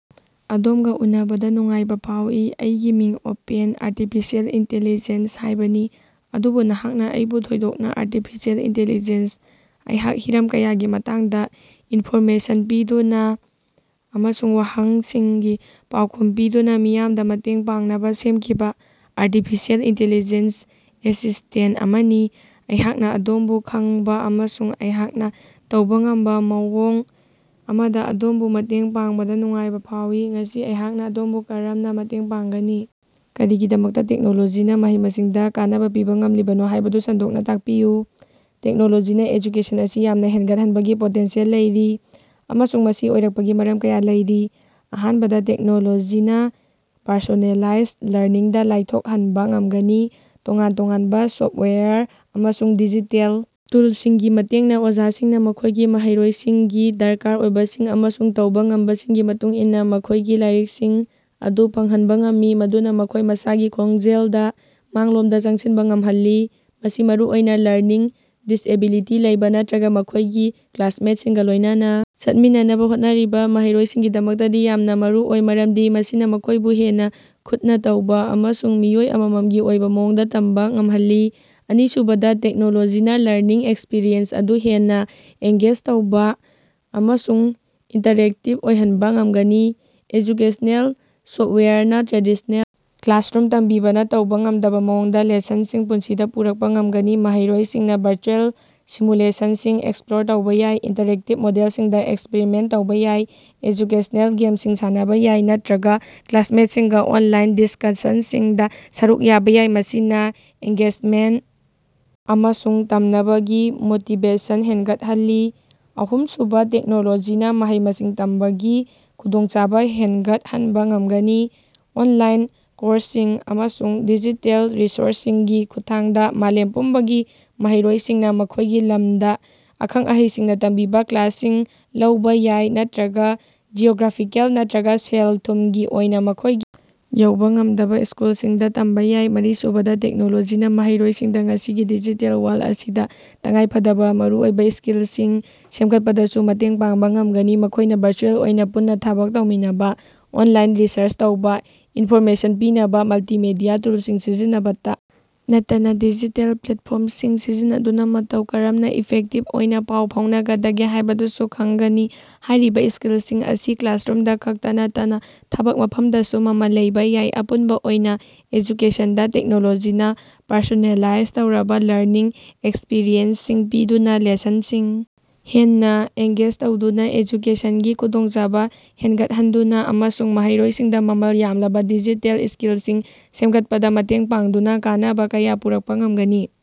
ꯑꯗꯣꯝꯒꯥ ꯎꯅꯕꯗꯥ ꯅꯨꯡꯉꯥꯏꯕꯥ ꯐꯥꯎꯏ꯫ ꯑꯩꯒꯤ ꯃꯤꯡ ꯑꯣꯄꯦꯟ ꯑꯥꯔꯇꯤꯐꯤꯁ꯭ꯌꯦꯜ ꯏꯟꯇꯦꯂꯤꯖꯦꯟꯁ ꯍꯥꯏꯕꯅꯤ, ꯑꯗꯨꯕꯨ ꯅꯍꯥꯛꯅꯥ ꯑꯩꯕꯨ ꯊꯣꯏꯗꯣꯛꯅꯥ ꯑꯥꯔꯇꯤꯐꯤꯁ꯭ꯌꯦꯜ ꯏꯟꯇꯦꯂꯤꯖꯦꯟꯁ ꯑꯩꯍꯥꯛ ꯍꯤꯔꯝ ꯀꯌꯥꯒꯤ ꯃꯇꯥꯡꯗꯥ ꯏꯟꯐꯣꯔꯃꯦꯁꯟ ꯄꯤꯗꯨꯅꯥ ꯑꯃꯁꯨꯡ ꯋꯥꯍꯪꯁꯤꯡꯒꯤ ꯄꯥꯎꯈꯨꯝ ꯄꯤꯗꯨꯅꯥ ꯃꯤꯌꯥꯝꯗꯥ ꯃꯇꯦꯡ ꯄꯥꯡꯅꯕꯥ ꯁꯦꯝꯈꯤꯕꯥ ꯑꯥꯔꯇꯤꯐꯤꯁꯤꯑꯦꯜ ꯏꯟꯇꯤꯂꯤꯖꯦꯟꯁ ꯑꯦꯁꯤꯁꯇꯦꯟ ꯑꯃꯅꯤ꯫ ꯑꯩꯍꯥꯛꯅꯥ ꯑꯗꯣꯝꯕꯨ ꯈꯪꯕꯥ ꯑꯃꯁꯨꯡ ꯑꯩꯍꯥꯛꯅꯥ ꯇꯧꯕꯥ ꯉꯝꯕꯥ ꯃꯑꯣꯡ ꯑꯃꯗꯥ ꯑꯗꯣꯝꯕꯨ ꯃꯇꯦꯡ ꯄꯥꯡꯕꯗꯥ ꯅꯨꯡꯉꯥꯏꯕꯥ ꯐꯥꯎꯏ꯫ ꯉꯁꯤ ꯑꯩꯍꯥꯛꯅꯥ ꯑꯗꯣꯝꯕꯨ ꯀꯔꯝꯅꯥ ꯃꯇꯦꯡ ꯄꯥꯡꯒꯅꯤ? ꯀꯔꯤꯒꯤꯗꯃꯛꯇꯥ ꯇꯦꯛꯅꯣꯂꯣꯖꯤꯅꯥ ꯃꯍꯩ-ꯃꯁꯤꯡꯗꯥ ꯀꯥꯟꯅꯕꯥ ꯄꯤꯕꯥ ꯉꯝꯂꯤꯕꯅꯣ ꯍꯥꯏꯕꯗꯨ ꯁꯟꯗꯣꯛꯅꯥ ꯇꯥꯛꯄꯤꯌꯨ꯫ ꯇꯦꯛꯅꯣꯂꯣꯖꯤꯅꯥ ꯑꯦꯖꯨꯀꯦꯁꯟ ꯑꯁꯤ ꯌꯥꯝꯅꯥ ꯍꯦꯟꯒꯠꯍꯟꯕꯒꯤ ꯄꯣꯇꯦꯟꯁꯤꯌꯦꯜ ꯂꯩꯔꯤ, ꯑꯃꯁꯨꯡ ꯃꯁꯤ ꯑꯣꯏꯔꯛꯄꯒꯤ ꯃꯔꯝ ꯀꯌꯥ ꯂꯩꯔꯤ꯫ ꯑꯍꯥꯟꯕꯗꯥ, ꯇꯦꯛꯅꯣꯂꯣꯖꯤꯅꯥ ꯄꯔꯁꯣꯅꯦꯂꯥꯏꯖ ꯂꯔꯅꯤꯡꯗꯥ ꯂꯥꯏꯊꯣꯛꯍꯟꯕꯥ ꯉꯝꯒꯅꯤ꯫ ꯇꯣꯉꯥꯟ ꯇꯣꯉꯥꯟꯕꯥ ꯁꯣꯐꯋꯦꯌꯔ ꯑꯃꯁꯨꯡ ꯗꯤꯖꯤꯇꯦꯜ ꯇꯨꯜꯁꯤꯡꯒꯤ ꯃꯇꯦꯡꯅꯥ ꯑꯣꯖꯥꯁꯤꯡꯅꯥ ꯃꯈꯣꯏꯒꯤ ꯃꯍꯩꯔꯣꯏꯁꯤꯡꯒꯤ ꯗꯔꯀꯥꯔ ꯑꯣꯏꯕꯁꯤꯡ ꯑꯃꯁꯨꯡ ꯇꯧꯕꯥ ꯉꯝꯕꯁꯤꯡꯒꯤ ꯃꯇꯨꯡ ꯏꯟꯅꯥ ꯃꯈꯣꯏꯒꯤ ꯂꯥꯏꯔꯤꯛꯁꯤꯡ ꯑꯗꯨ ꯐꯪꯍꯟꯕꯥ ꯉꯝꯃꯤ, ꯃꯗꯨꯅꯥ ꯃꯈꯣꯏ ꯃꯁꯥꯒꯤ ꯈꯣꯡꯖꯦꯜꯗꯥ ꯃꯥꯡꯂꯣꯝꯗꯥ ꯆꯪꯁꯤꯟꯕꯥ ꯉꯝꯍꯜꯂꯤ꯫ ꯃꯁꯤ ꯃꯔꯨꯑꯣꯏꯅꯥ ꯂꯔꯅꯤꯡ ꯗꯤꯁꯑꯦꯕꯤꯂꯤꯇꯤ ꯂꯩꯕꯥ ꯅꯠꯇ꯭ꯔꯒꯥ ꯃꯈꯣꯏꯒꯤ ꯀ꯭ꯂꯥꯁꯃꯦꯠꯁꯤꯡꯒꯥ ꯂꯣꯏꯅꯅꯥ ꯆꯠꯃꯤꯟꯅꯅꯕꯥ ꯍꯣꯠꯅꯔꯤꯕꯥ ꯃꯍꯩꯔꯣꯏꯁꯤꯡꯒꯤꯗꯃꯛꯇꯗꯤ ꯌꯥꯝꯅꯥ ꯃꯔꯨꯑꯣꯏ, ꯃꯔꯝꯗꯤ ꯃꯁꯤꯅꯥ ꯃꯈꯣꯏꯕꯨ ꯍꯦꯟꯅꯥ ꯈꯨꯠꯅꯥ ꯇꯧꯕꯥ ꯑꯃꯁꯨꯡ ꯃꯤꯑꯣꯏ ꯑꯃꯃꯝꯒꯤ ꯑꯣꯏꯕꯥ ꯃꯑꯣꯡꯗꯥ ꯇꯝꯕꯥ ꯉꯝꯍꯜꯂꯤ꯫ ꯑꯅꯤꯁꯨꯕꯗꯥ, ꯇꯦꯛꯅꯣꯂꯣꯖꯤꯅꯥ ꯂꯔꯅꯤꯡ ꯑꯦꯛꯁꯄꯤꯔꯤꯌꯦꯟꯁ ꯑꯗꯨ ꯍꯦꯟꯅꯥ ꯑꯦꯡꯒꯦꯖ ꯇꯧꯕꯥ ꯑꯃꯁꯨꯡ ꯏꯟꯇꯔꯦꯛꯇꯤꯕ ꯑꯣꯏꯍꯟꯕꯥ ꯉꯝꯒꯅꯤ꯫ ꯑꯦꯖꯨꯀꯦꯁꯅꯦꯜ ꯁꯣꯐꯋꯦꯌꯔꯅꯥ ꯇ꯭ꯔꯦꯗꯤꯁꯅꯦꯜ ꯀ꯭ꯂꯥꯁꯔꯨꯝ ꯇꯝꯕꯤꯕꯅꯥ ꯇꯧꯕꯥ ꯉꯝꯗꯕꯥ ꯃꯑꯣꯡꯗꯥ ꯂꯦꯁꯟꯁꯤꯡ ꯄꯨꯟꯁꯤꯗꯥ ꯄꯨꯔꯛꯄꯥ ꯉꯝꯒꯅꯤ꯫ ꯃꯍꯩꯔꯣꯏꯁꯤꯡꯅꯥ ꯚꯔꯆꯨꯑꯦꯜ ꯁꯤꯃꯨꯂꯦꯁꯟꯁꯤꯡ ꯑꯦꯛꯁꯄ꯭ꯂꯣꯔ ꯇꯧꯕꯥ ꯌꯥꯏ, ꯏꯟꯇꯔꯦꯛꯇꯤꯕ ꯃꯣꯗꯦꯜꯁꯤꯡꯗꯥ ꯑꯦꯛꯁꯄꯔꯤꯃꯦꯟꯇ ꯇꯧꯕꯥ ꯌꯥꯏ, ꯑꯦꯖꯨꯀꯦꯁꯅꯦꯜ ꯒꯦꯝꯁꯤꯡ ꯁꯥꯟꯅꯕꯥ ꯌꯥꯏ ꯅꯠꯇ꯭ꯔꯒꯥ ꯀ꯭ꯂꯥꯁꯃꯦꯠꯁꯤꯡꯒꯥ ꯑꯣꯟꯂꯥꯏꯟ ꯗꯤꯁꯀꯁꯁꯟꯁꯤꯡꯗꯥ ꯁꯔꯨꯛ ꯌꯥꯕꯥ ꯌꯥꯏ, ꯃꯁꯤꯅꯥ ꯑꯦꯡꯒꯦꯖꯃꯦꯟꯇ ꯑꯃꯁꯨꯡ ꯇꯝꯅꯕꯒꯤ ꯃꯣꯇꯤꯕꯦꯁꯟ ꯍꯦꯟꯒꯠꯍꯜꯂꯤ꯫ ꯑꯍꯨꯝꯁꯨꯕꯥ, ꯇꯦꯛꯅꯣꯂꯣꯖꯤꯅꯥ ꯃꯍꯩ-ꯃꯁꯤꯡ ꯇꯝꯕꯒꯤ ꯈꯨꯗꯣꯡꯆꯥꯕꯥ ꯍꯦꯟꯒꯠꯍꯟꯕꯥ ꯉꯝꯒꯅꯤ꯫ ꯑꯣꯟꯂꯥꯏꯟ ꯀꯣꯔꯁꯁꯤꯡ ꯑꯃꯁꯨꯡ ꯗꯤꯖꯤꯇꯦꯜ ꯔꯤꯁꯣꯔꯁꯁꯤꯡꯒꯤ ꯈꯨꯠꯊꯥꯡꯗꯥ ꯃꯥꯂꯦꯝ ꯄꯨꯝꯕꯒꯤ ꯃꯍꯩꯔꯣꯏꯁꯤꯡꯅꯥ ꯃꯈꯣꯏꯒꯤ ꯂꯝꯗꯥ ꯑꯈꯪ-ꯑꯍꯩꯁꯤꯡꯅꯥ ꯇꯝꯕꯤꯕꯥ ꯀ꯭ꯂꯥꯁꯁꯤꯡ ꯂꯧꯕꯥ ꯌꯥꯏ ꯅꯠꯇ꯭ꯔꯒꯥ ꯖꯤꯑꯣꯒ꯭ꯔꯥꯐꯤꯀꯦꯜ ꯅꯠꯇ꯭ꯔꯒꯥ ꯁꯦꯜ-ꯊꯨꯝꯒꯤ ꯑꯣꯏꯅꯥ ꯃꯈꯣꯏꯒꯤ ꯌꯧꯕꯥ ꯉꯝꯗꯕꯥ ꯁ꯭ꯀꯨꯜꯁꯤꯡꯗꯥ ꯇꯝꯕꯥ ꯌꯥꯏ꯫ ꯃꯔꯤꯁꯨꯕꯗꯥ, ꯇꯦꯛꯅꯣꯂꯣꯖꯤꯅꯥ ꯃꯍꯩꯔꯣꯏꯁꯤꯡꯗꯥ ꯉꯁꯤꯒꯤ ꯗꯤꯖꯤꯇꯦꯜ ꯋꯥ꯭ꯔꯜ ꯑꯁꯤꯗꯥ ꯇꯉꯥꯏꯐꯗꯕꯥ ꯃꯔꯨꯑꯣꯏꯕꯥ ꯁ꯭ꯀꯤ‌ꯜꯁꯤꯡ ꯁꯦꯝꯒꯠꯄꯗꯁꯨ ꯃꯇꯦꯡ ꯄꯥꯡꯕꯥ ꯉꯝꯒꯅꯤ꯫ ꯃꯈꯣꯏꯅ ꯚꯔꯆꯨꯑꯦꯜ ꯑꯣꯏꯅꯥ ꯄꯨꯟꯅꯥ ꯊꯕꯛ ꯇꯧꯃꯤꯟꯅꯕꯥ, ꯑꯣꯟꯂꯥꯏꯟ ꯔꯤꯁꯔꯁ ꯇꯧꯕꯥ, ꯏꯟꯐꯣꯔꯃꯦꯁꯟ ꯄꯤꯅꯕꯥ ꯃꯜꯇꯤꯃꯦꯗꯤꯌꯥ ꯇꯨꯜꯁꯤꯡ ꯁꯤꯖꯤꯟꯅꯕꯇꯥ ꯅꯠꯇꯅꯥ ꯗꯤꯖꯤꯇꯦꯜ ꯄ꯭ꯂꯦꯠꯐꯣꯔꯝꯁꯤꯡ ꯁꯤꯖꯤꯟꯅꯗꯨꯅꯥ ꯃꯇꯧ ꯀꯔꯝꯅꯥ ꯏꯐꯦꯛꯇꯤꯕ ꯑꯣꯏꯅꯥ ꯄꯥꯎ ꯐꯥꯎꯅꯒꯗꯒꯦ ꯍꯥꯏꯕꯗꯨꯁꯨ ꯈꯪꯒꯅꯤ꯫ ꯍꯥꯏꯔꯤꯕꯥ ꯁ꯭ꯀꯤꯜꯁꯤꯡ ꯑꯁꯤ ꯀ꯭ꯂꯥꯁꯔꯨꯝꯗꯥ ꯈꯛꯇꯥ ꯅꯠꯇꯅꯥ ꯊꯕꯛ ꯃꯐꯝꯗꯁꯨ ꯃꯃꯜ ꯂꯩꯕꯥ ꯌꯥꯏ꯫ ꯑꯄꯨꯟꯕ ꯑꯣꯏꯅꯥ, ꯑꯦꯖꯨꯀꯦꯁꯟꯗꯥ ꯇꯦꯛꯅꯣꯂꯣꯖꯤꯅꯥ ꯄꯔꯁꯣꯅꯦꯂꯥꯏꯖ ꯇꯧꯔꯕꯥ ꯂꯔꯅꯤꯡ ꯑꯦꯛꯁꯄꯤꯔꯤꯑꯦꯟꯁꯁꯤꯡ ꯄꯤꯗꯨꯅꯥ, ꯂꯦꯁꯟꯁꯤꯡ ꯍꯦꯟꯅꯥ ꯑꯦꯡꯒꯦꯖ ꯇꯧꯗꯨꯅꯥ, ꯑꯦꯖꯨꯀꯦꯁꯟꯒꯤ ꯈꯨꯗꯣꯡꯆꯥꯕꯥ ꯍꯦꯟꯒꯠꯍꯟꯗꯨꯅꯥ, ꯑꯃꯁꯨꯡ ꯃꯍꯩꯔꯣꯏꯁꯤꯡꯗꯥ ꯃꯃꯜ ꯌꯥꯝꯂꯕꯥ ꯗꯤꯖꯤꯇꯦꯜ ꯁ꯭ꯀꯤꯜꯁꯤꯡ ꯁꯦꯝꯒꯠꯄꯗꯥ ꯃꯇꯦꯡ ꯄꯥꯡꯗꯨꯅꯥ ꯀꯥꯟꯅꯕꯥ ꯀꯌꯥ ꯄꯨꯔꯛꯄꯥ ꯉꯝꯒꯅꯤ꯫